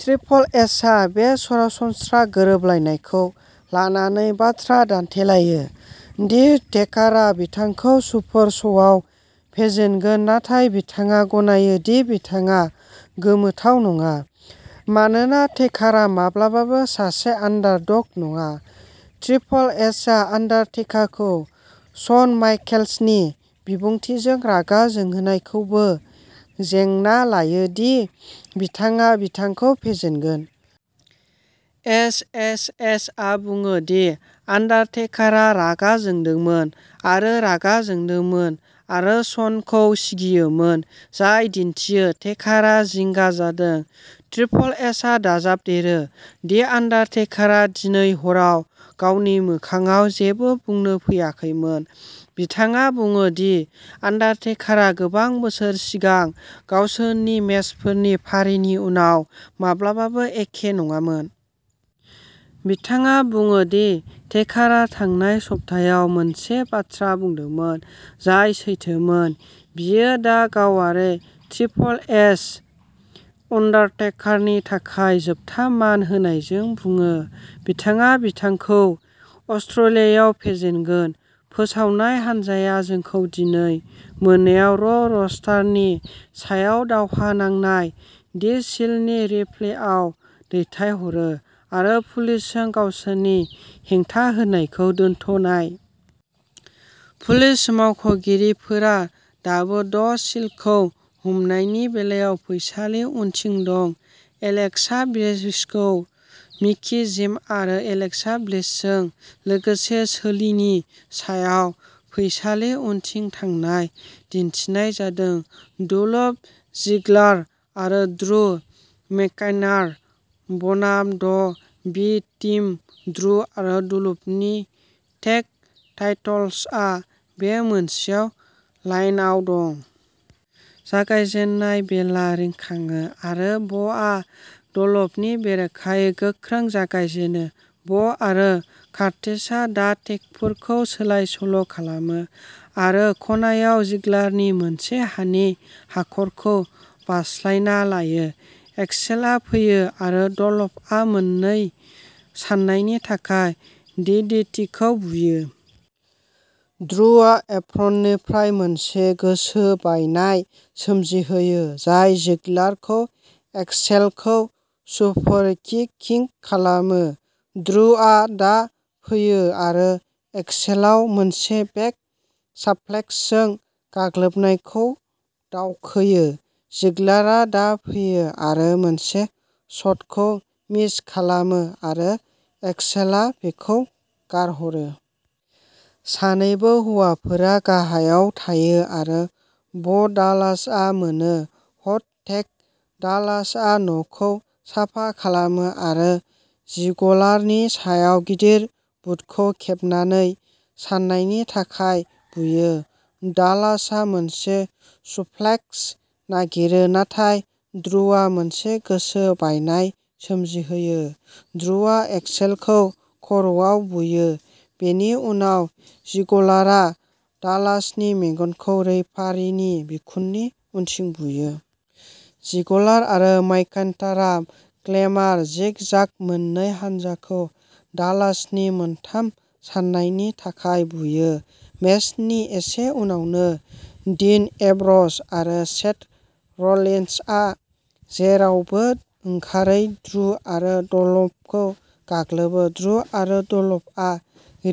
Triple एचआ बे सरासनस्रा गोरोबलायनायखौ लानानै बाथ्रा दानथेलायो दि टेकारआ बिथांखौ सुपार श'आव फेजेनगोन, नाथाय बिथाङा गनायो दि बिथाङा गोमोथाव नङा मानोना टेकारआ माब्लाबाबो सासे आन्डारडग नङा। ट्रिपल एचआ अंडरटेकारखौ श'न माइकल्सनि बिबुंथिजों रागा जोंहोनायखौबो जेंना लायो दि बिथाङा बिथांखौ फेजेनगोन। एचएचएचआ बुङो दि अंडरटेकारआ रागा जोंदोंमोन आरो रागा जोंदोंमोन, आरो श'नखौ सिगियोमोन, जाय दिन्थियो टेकारआ जिंगा जादों। ट्रिपल एचआ दाजाबदेरो दि अंडरटेकारआ दिनै हराव गावनि मोखांआव जेबो बुंनो फैयाखैमोन। बिथाङा बुङो दि अंडरटेकारआ गोबां बोसोर सिगां गावसोरनि मेचफोरनि फारिनि उनाव माब्लाबाबो एखे नङामोन। बिथाङा बुङो दि टेकारआ थांनाय सप्तायाव मोनसे बाथ्रा बुंदोंमोन जाय सैथोमोन बेयो दा गावारि। ट्रिपल एचआ अंडरटेकारनि थाखाय जोबथा मान होनायजों बुङो, बिथाङा बिथांखौ अस्ट्रेलियायाव फेजेनगोन। फोसावनाय हानजाया जोंखौ दिनै मोनायाव र' रस्टारनि सायाव दावहा नांनाय दि शील्डनि रिप्लेआव दैथायहरो, आरो पुलिसजों गावसोरनि हेंथाहोनायखौ दोनथ'नाय। पुलिस मावख'गिरिफोरा दाबो द शील्डखौ हमनायनि बेलायाव फैसालि उनथिं दं। एलेक्सा ब्लिसखौ मिकी जेम्स आरो एलेक्सा ब्लिसजों लोगोसे सोलोनि सायाव फैसालि उनथिं थांनाय दिन्थिनाय जादों। डल्फ जिग्लार आरो ड्रु मैकइन्टायर बनाम द बी टीम ड्रु आरो डल्फनि टेग टाइटल्सआ बे मोनसेआव लाइनआव दं। जागायजेननाय बेलआ रिंखाङो आरो ब'आ डल्फनि बेरेखायै गोख्रों जागायजेनो। ब' आरो कर्टिसआ दा टेगफोरखौ सोलाय-सोल' खालामो आरो खनायाव जिग्लारनि मोनसे हानि हाखरखौ बारस्लायना लायो। एक्सेलआ फैयो आरो डल्फआव मोननै साननायनि थाखाय डिडिटिखौ बुयो। ड्रुआ एप्रननिफ्राय मोनसे गोसो बायनाय सोमजिहोयो जाय जिग्लारखौ एक्सेलखौ सुपारकि किं खालामो। ड्रुआ दा फैयो आरो एक्सेलआव मोनसे बेक साप्लेक्सजों गाग्लोबनायखौ दावखोयो। जिग्लारआ दा फैयो आरो मोनसे शटखौ मिस खालामो, आरो एक्सेलआ बिखौ गारहरो। सानैबो हौवाफोरा गाहायाव थायो आरो ब'डालासआ मोनो। Hot tag. डालासआ न'खौ साफा खालामो आरो जिगलारनि सायाव गिदिर बुटखौ खेबनै साननायनि थाखाय बुयो। डालासआ मोनसे सुप्लेक्स नागिरो, नाथाय ड्रुआ मोनसे गोसो बायनाय सोमजिहोयो। ड्रुआ एक्सेलखौ खर'आव बुयो, बेनि उनाव जिगलारआ डलासनि मेगनखौ रेफारिनि बिखुंनि उनथिं बुयो। जिगलार आरो मैकइन्टायरआ क्लेमर जिग जाग मोननै हान्जाखौ डालासनि मोनथाम साननायनि थाखाय बुयो। मेचनि एसे उनावनो, डीन एम्ब्र'ज आरो सेथ र'लिन्सआ जेरावबो ओंखारै ड्रु आरो डल्फखौ गाग्लोबो। ड्रु आरो डल्फआ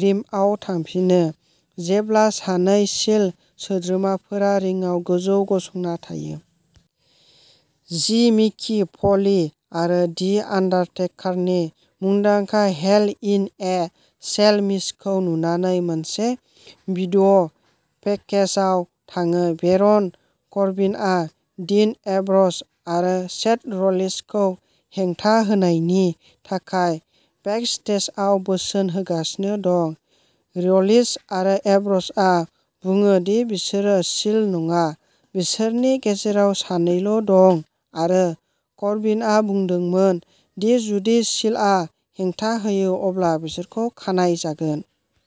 रेम्पआव थांफिनो जेब्ला सानै शील्ड सोद्रोमाफोरा रिंआव गोजौ गसंना थायो। जों मिक फ'ली आरो दि आन्डारटेकारनि मुंदांखा हेल इन ए सेल मेचखौ नुनानै मोनसे भिडिअ'पेकेजाव थाङो। बेरन करबिनआ डीन एम्ब्र'ज आरो सेथ र'लिन्सखौ हेंथा होनायनि थाखाय बेकस्टेजआव बोसोन होगासिनो दं। र'लिन्स आरो एम्ब्र'जआ बुङो दि बिसोरो शील्ड नङा, बिसोरनि गेजेराव सानैल' दं, आरो करबिनआ बुंदोंमोन दि जुदि शील्डआ हेंथा होयो अब्ला बिसोरखौ खानाय जागोन।